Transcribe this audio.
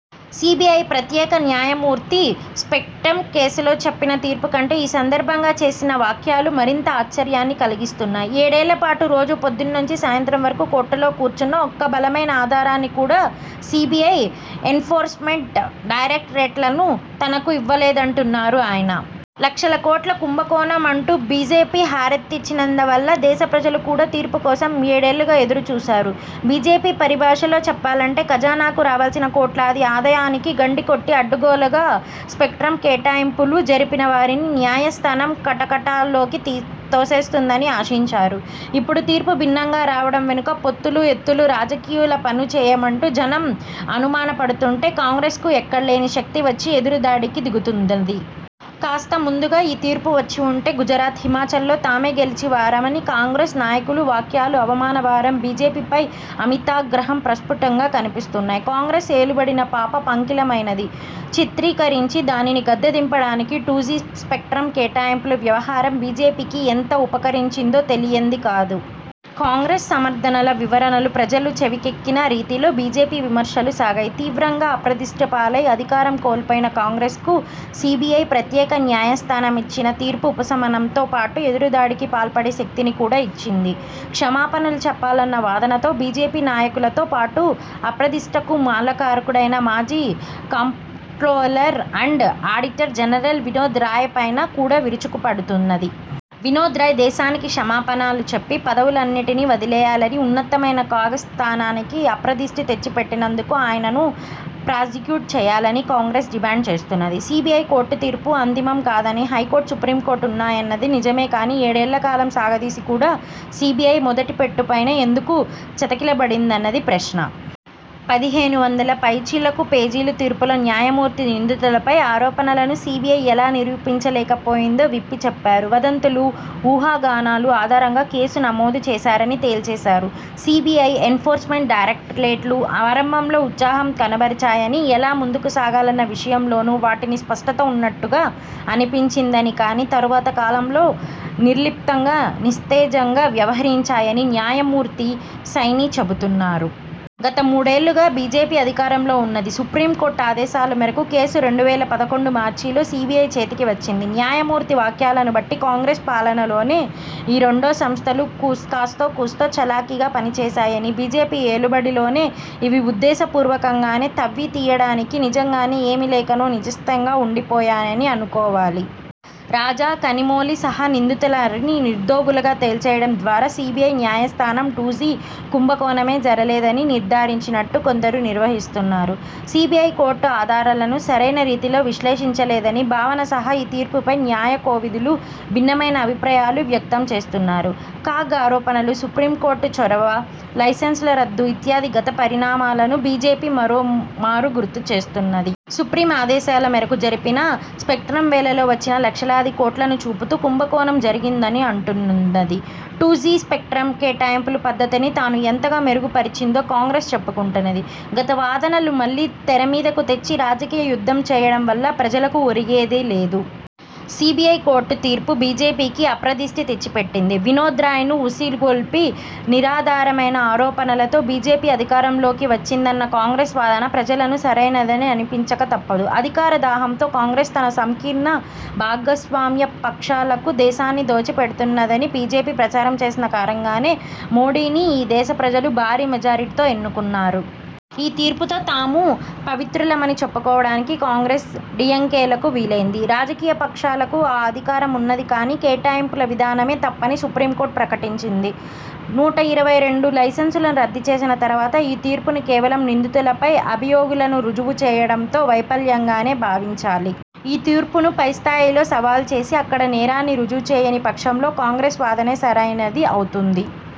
CBI ప్రత్యేక న్యాయమూర్తి spectrum కేసులో చెప్పిన తీర్పు కంటే, ఈ సందర్భంగా చేసిన వ్యాఖ్యలు మరింత ఆశ్చర్యాన్ని కలిగిస్తున్నాయి. ఏడేళ్ళపాటు రోజూ పొద్దున్న నుంచి సాయంత్రం వరకూ కోర్టులో కూర్చున్నా, ఒక్క బలమైన ఆధారాన్ని కూడా సీబీఐ, ఎన్ఫోర్స్ మెంట్ డైరక్టరేట్లు తనకు ఇవ్వలేదంటున్నారు ఆయన. లక్షల కోట్ల కుంభకోణం అంటూ బీజేపీ హోరెత్తించినందువల్ల దేశ ప్రజలు కూడా తీర్పు కోసం ఏడేళ్ళుగా ఎదురు చూశారు. బీజేపీ పరిభాషలో చెప్పాలంటే, ఖజనాకు రావాల్సిన కోట్లాది ఆదాయానికి గండికొట్టి అడ్డగోలుగా స్పెక్ట్రమ్ కేటాయింపులు జరిపిన వారిని న్యాయస్థానం కటకటాల్లోకి తోసేస్తుందని ఆశించారు. ఇప్పుడు తీర్పు భిన్నంగా రావడం వెనుక పొత్తులూ ఎత్తుల రాజకీయాలు పని చేశాయంటూ జనం అనుమానపడుతుంటే, కాంగ్రెస్కు ఎక్కడలేని శక్తీ వచ్చి ఎదురు దాడికి దిగుతున్నది. కాస్త ముందుగా ఈ తీర్పు వచ్చివుంటే గుజరాత్, హిమాచల్లో తామే గెలిచే వారమన్న కాంగ్రెస్ నాయకుల వ్యాఖ్యలో అవమాన భారం, బీజేపీపై అమితాగ్రహం ప్రస్ఫుటంగా కనిపిస్తున్నాయి. కాంగ్రెస్ ఏలుబడిని పాప పంకిలమైనదిగా చిత్రీకరించి, దానిని గద్దె దింపడానికి టూ జీ స్పెక్ట్రమ్ కేటాయింపుల వ్యవహారం బీజేపీకి ఎంతగా ఉపకరించిందో తెలియంది కాదు. కాంగ్రెస్ సమర్థనలు, వివరణలు ప్రజల చెవికెక్కని రీతిలో బీజేపీ విమర్శలు సాగాయి. తీవ్రంగా అప్రదిష్టపాలై, అధికారం కోల్పోయిన కాంగ్రెస్కు సీబీఐ ప్రత్యేక న్యాయస్థానం ఇచ్చిన తీర్పు ఉపశమనంతో పాటు ఎదురుదాడికి పాల్పడే శక్తిని కూడా ఇచ్చింది. క్షమాపణలు చెప్పాలన్న వాదనతో బీజేపీ నాయకులతో పాటు, అప్రదిష్టకు మల కారకుడైన మాజీ comptroller and auditor general Vinod Rai పైన కూడా విరుచుకుపడుతున్నది. వినోద్ రాయ్ దేశానికి క్షమాపణలు చెప్పి పదవులన్నింటినీ వదిలేయాలనీ, ఉన్నతమైన కాగ్ స్థానానికి అప్రదిష్ట తెచ్చిపెట్టినందుకు ఆయనను ప్రాసిక్యూట్ చేయాలని కాంగ్రెస్ డిమాండ్ చేస్తున్నది. సీబీఐ కోర్టు తీర్పు అంతిమం కాదనీ, హైకోర్టు, సుప్రీంకోర్టూ ఉన్నాయన్నది నిజమే కానీ, ఏడేళ్ళ కాలం సాగదీసి కూడా సీబీఐ మొదటి మెట్టుపైనే ఎందుకు చతికిలబడిందన్నది ప్రశ్న. పదిహేనువందల పైచిలుకు పేజీల తీర్పులో న్యాయమూర్తి నిందితులపై ఆరోపణలను సీబీఐ ఎలా నిరూపించలేకపోయిందో విప్పి చెప్పారు. వదంతులు, ఊహాగానాల ఆధారంగా కేసు నమోదు చేశారని తేల్చేశారు. సీబీఐ, ఎన్ఫోర్స్మెంట్ డైరక్టరేట్లు ఆరంభంలో ఉత్సాహం కనబరచాయనీ, ఎలా ముందుకు సాగాలన్న విషయంలోనూ వాటికి స్పష్టత ఉన్నట్టుగా అనిపించిందనీ, కానీ తరువాత కాలంలో నిర్లిప్తంగా, నిస్తేజంగా వ్యవహరించాయని న్యాయమూర్తి సైనీ చెబుతున్నారు. గత మూడేళ్ళుగా బీజేపీ అధికారంలో ఉన్నది. సుప్రీంకోర్టు ఆదేశాల మేరకు కేసు రెండు వేల పదకొండు మార్చిలో సీబీఐ చేతికి వచ్చింది. న్యాయమూర్తి వ్యాఖ్యలను బట్టి కాంగ్రెస్ పాలనలోనే ఈ రెండు సంస్థలూ కాస్తోకూస్తో చలాకీగా పనిచేశాయనీ, బీజేపీ ఏలుబడిలోనే ఇవి ఉద్దేశ పూర్వకంగానో, తవ్వి తీయడానికి నిజంగానే ఏమీ లేకనో నిస్తేజంగా ఉండిపోయాయనీ అనుకోవాలి. రాజా, కనిమొళి సహా నిందితులందరినీ నిర్దోషులుగా తేల్చేయడం ద్వారా సీబీఐ న్యాయస్థానం టూ జీ కుంభకోణమే జరలేదని నిర్ధారించినట్టు కొందరు నిర్వచిస్తున్నారు. సీబీఐ కోర్టు ఆధారాలను సరైన రీతిలో విశ్లేషించలేదన్న భావన సహా ఈ తీర్పుపై న్యాయకోవిదులు భిన్నమైన అభిప్రాయాలు వ్యక్తంచేస్తున్నారు. కాగ్ ఆరోపణలు, సుప్రీంకోర్టు చొరవ, లైసెన్సుల రద్దు ఇత్యాది గత పరిణామాలను బీజేపీ మరోమారు గుర్తుచేస్తున్నది. సుప్రీం ఆదేశాల మేరకు జరిపిన స్పెక్ట్రమ్ వేలంలో వచ్చిన లక్షలాది కోట్లను చూపుతూ కుంభకోణం జరిగిందని అంటున్నది. టూ జీ స్పెక్ట్రమ్ కేటాయింపుల పద్ధతిని తాను ఎంతగా మెరుగు పరచిందీ కాంగ్రెస్ చెప్పుకుంటున్నది. గత వాదనలు మళ్ళీ తెరమీదకు తెచ్చి రాజకీయ యుద్ధం చేయడం వల్ల ప్రజలకు ఒరిగేదీ లేదు. సీబీఐ కోర్టు తీర్పు బీజేపీకి అప్రదిష్ట తెచ్చిపెట్టింది. వినోద్ రాయ్ ను ఉసిగొల్పి, నిరాధారమైన ఆరోపణలతో బీజేపీ అధికారంలోకి వచ్చిందన్న కాంగ్రెస్ వాదన ప్రజలకు సరైనదని అనిపించక తప్పదు. అధికార దాహంతో కాంగ్రెస్ తన సంకీర్ణ భాగస్వామ్య పక్షాలకు దేశాన్ని దోచి పెడుతున్నదని బీజేపీ ప్రచారం చేసిన కారణంగానే, మోదీని ఈ దేశ ప్రజలు భారీ మెజారిటీతో ఎన్నుకున్నారు. ఈ తీర్పుతో తాము పవిత్రులమని చెప్పుకోవడానికి కాంగ్రెస్, డీఎంకేలకు వీలైంది. రాజకీయపక్షాలకు ఆ అధికారం ఉన్నది కానీ, కేటాయింపుల విధానమే తప్పని సుప్రీంకోర్టు ప్రకటించి, నూట ఇరవై రెండు లైసెన్సులు రద్దుచేసిన తరువాత, ఈ తీర్పును కేవలం నిందితులపై అభియోగాలను రుజువు చేయడంలో వైఫల్యంగానే భావించాలి. ఈ తీర్పును పైస్థాయిలో సవాలు చేసి, అక్కడ నేరాన్ని రుజువుచేయని పక్షంలో కాంగ్రెస్ వాదనే సరైనది అవుతుంది.